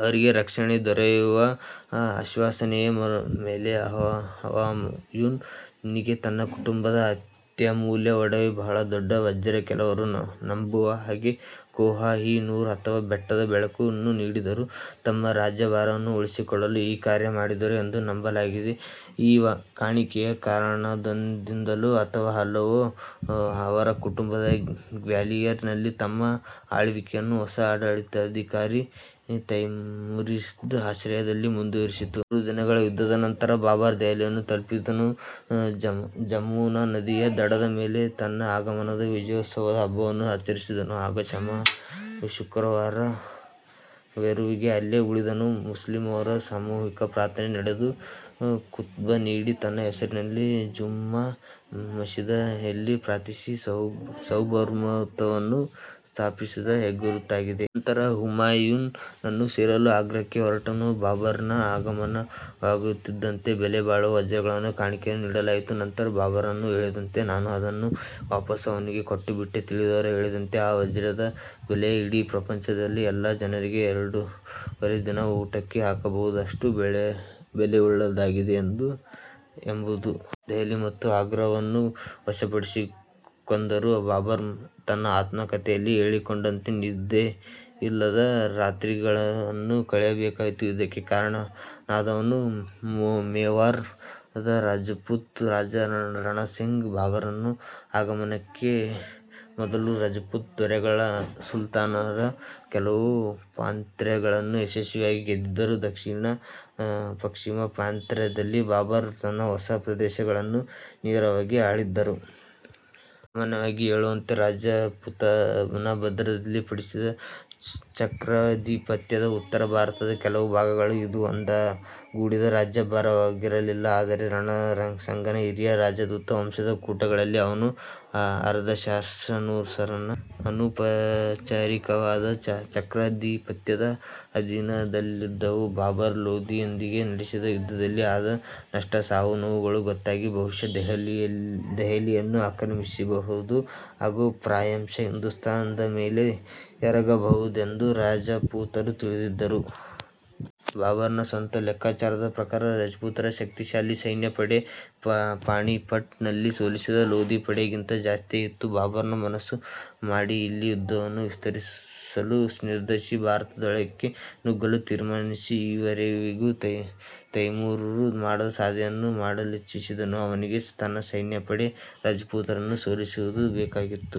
ಅವರಿಗೆ ರಕ್ಷಣೆ ದೊರೆಯುವ ಆಶ್ವಾಸನೆಯ ಮೇಲೆ, ಹುಮಾಯುನ್ ನಿಗೆ, ತನ್ನ ಕುಟುಂಬದ ಅತ್ಯಮೂಲ್ಯ ಒಡವೆ, ಬಹಳ ದೊಡ್ಡ ವಜ್ರ, ಕೆಲವರು ನಂಬುವ ಹಾಗೆ ಕೊಹ್ -ಇ -ನೂರ್ ಅಥವಾ "ಬೆಟ್ಟದ ಬೆಳಕು 'ನ್ನು ನೀಡಿದರು. ತಮ್ಮ ರಾಜ್ಯಭಾರವನ್ನು ಉಳಿಸಿಕೊಳ್ಳಲು ಈ ಕಾರ್ಯ ಮಾಡಿದರು ಎಂದು ನಂಬಲಾಗಿದೆ. ಈ ಕಾಣಿಕೆಯ ಕಾರಣದಿಂದಲೋ ಅಥವಾ ಅಲ್ಲವೋ, ಅವರ ಕುಟುಂಬ ಗ್ವಾಲಿಯರ್ ನಲ್ಲಿ, ತಮ್ಮ ಆಳ್ವಿಕೆಯನ್ನು ಹೊಸ ಆಡಳಿತಾಧಿಕಾರಿ ತೈಮುರಿದ್ಸ್ ಆಶ್ರಯದಲ್ಲಿ ಮುಂದುವರಿಸಿತು. ಮೂರು ದಿನಗಳ ಯುದ್ಧದ ನಂತರ ಬಾಬರ್, ದೆಹಲಿಯನ್ನು ತಲುಪಿದನು. ಜಮುನಾ ನದಿ ಯ ದಡದ ಮೇಲೆ ತನ್ನ ಆಗಮನದ ವಿಜಯೋತ್ಸವದ ಹಬ್ಬವನ್ನು ಆಚರಿಸಿದನು. ಹಾಗೂ ಶುಕ್ರವಾರದ ವರೆವಿಗೂ ಅಲ್ಲೇ ಉಳಿದನು, ಮುಸ್ಲಿಮರ ಸಾಮೂಹಿಕ ಪ್ರಾರ್ಥನೆ ನಡೆದು, ಖುತ್ಬ ನೀಡಿ, ತನ್ನ ಹೆಸರಿನಲ್ಲಿ ಜುಮ್ಮಾ ಮಸೀದಿ ಯಲ್ಲಿ ಪ್ರಾರ್ಥಿಸಿ, ಸಾರ್ವಭೌಮತ್ವವನ್ನು ಸ್ಥಾಪಿಸಿದ ಹೆಗ್ಗುರುತಾಗಿದೆ. ನಂತರ ಹುಮಾಯುನ್ ನನ್ನು ಸೇರಲು ಆಗ್ರಾಕ್ಕೆ ಹೊರಟನು. ಬಾಬರ್ ನ ಆಗಮನವಾಗುತ್ತಿದ್ದಂತೆ, ಬೆಲೆ ಬಾಳುವ ವಜ್ರಗಳನ್ನು ಕಾಣಿಕೆಯಾಗಿ ನೀಡಲಾಯಿತು, ನಂತರ ಬಾಬರನು ಹೇಳಿದಂತೆ,"ನಾನು ಅದನ್ನು ವಾಪಸ್ಸು ಅವನಿಗೆ ಕೊಟ್ಟುಬಿಟ್ಟೆ. " ತಿಳಿದವರು ಹೇಳಿದಂತೆ ಆ ವಜ್ರದ ಬೆಲೆಯೇ " ಇಡೀ ಪ್ರಪಂಚದ ಎಲ್ಲಾ ಜನರಿಗೆ ಎರಡೂವರೆ ದಿನ ಊಟಕ್ಕೆ ಹಾಕಬಹುದಾದಷ್ಟು ಬೆಲೆಯುಳ್ಳದ್ದಾಗಿದೆ "ಎಂಬುದು. ದೆಹಲಿ ಮತ್ತು ಆಗ್ರಾವನ್ನು ವಶಪಡಿಸಿಕೊಂದರೂ, ಬಾಬರ್ ತನ್ನ ಆತ್ಮ ಕಥೆಯಲ್ಲಿ ಹೇಳಿಕೊಂಡಂತೆ ನಿದ್ರೆಯಿಲ್ಲದ ರಾತ್ರಿಗಳನ್ನು ಕಳೆಯಬೇಕಾಯಿತು. ಇದಕ್ಕೆ ಕಾರಣನಾದವನು ಮೇವಾರ್ ದ ರಜಪೂತ ರಾಜ ರಣ ಸಂಗ. ಬಾಬರ್ ನ ಆಗಮನಕ್ಕೆ ಮೊದಲು; ರಜಪೂತ ದೊರೆಗಳು, ಸುಲ್ತಾನರ ಕೆಲವು ಪ್ರಾಂತ್ಯಗಳನ್ನು ಯಶಸ್ವಿಯಾಗಿ ಗೆದ್ದಿದ್ದರು. ದಕ್ಷಿಣ -ಪಶ್ಚಿಮ ಪ್ರಾಂತ್ಯದ ಬಾಬರ್ ನ ಹೊಸ ಪ್ರದೇಶಗಳನ್ನು ನೇರವಾಗಿ ಆಳಿದ್ದರು. ಸಾಮಾನ್ಯವಾಗಿ ಹೇಳುವಂತೆ, ರಾಜಪುತಾನಭದ್ರಪಡಿಸಿದ ಚಕ್ರಾಧಿಪತ್ಯದ ಉತ್ತರ ಭಾರತದ ಕೆಲವು ಭಾಗಗಳು. ಇದು ಒಂದುಗೂಡಿದ ರಾಜ್ಯಭಾರವಾಗಿರಲಿಲ್ಲ, ಆದರೆ ರಣಸಂಗನ ಹಿರಿಯ ರಾಜದೂತ ವಂಶದ ಕೂಟಗಳಲ್ಲಿ ಅವನ ಆದರ್ಶಾನುಸಾರ, ಅನೌಪಚಾರಿಕವಾದ ಚಕ್ರಾಧಿಪತ್ಯದ ಅಧೀನದಲ್ಲಿದ್ದವು. ಬಾಬರ್ ಲೋದಿಯೊಂದಿಗೆ ನಡೆಸಿದ ಯುದ್ಧದಲ್ಲಿ ಆದ ನಷ್ಟ, ಸಾವು-ನೋವುಗಳು ಗೊತ್ತಾಗಿ, ಬಹುಶಃ ದೆಹಲಿಯನ್ನು ಆಕ್ರಮಿಸಬಹುದು ಹಾಗು ಪ್ರಾಯಶಃ ಹಿಂದುಸ್ತಾನ್ ದ ಮೇಲೆ, ಎರಗಬಹುದೆಂದು ರಜಪೂತರು ತಿಳಿದಿದ್ದರು. ಬಾಬರ್ ನ ಸ್ವಂತ ಲೆಕ್ಕಾಚಾರದ ಪ್ರಕಾರ ರಜಪೂತರ ಶಕ್ತಿಶಾಲಿ ಸೈನ್ಯ ಪಡೆ, ಪಾಣಿಪಟ್ ನಲ್ಲಿ ಸೋಲಿಸಿದ ಲೋದಿ ಪಡೆಗಿಂತ ಜಾಸ್ತಿಯೇ ಇತ್ತು.. ಬಾಬರನು ಮನಸ್ಸು ಮಾಡಿ ಇಲ್ಲಿ ಯುದ್ಧವನ್ನು ವಿಸ್ತರಿಸಲು ನಿರ್ಧರಿಸಿ, ಭಾರತದೊಳಕ್ಕೆ ನುಗ್ಗಲು ತೀರ್ಮಾನಿಸಿ, ಈವರೆವಿಗೂ ತೈಮೂರರು ಮಾಡದ ಸಾಧನೆಯನ್ನು ಮಾಡಲಿಚ್ಚಿಸಿದನು. ಅವನಿಗೆ ತನ್ನ ಸೈನ್ಯ ಪಡೆ ರಜಪೂತರನ್ನು ಸೋಲಿಸುವುದು ಬೇಕಾಗಿತ್ತು.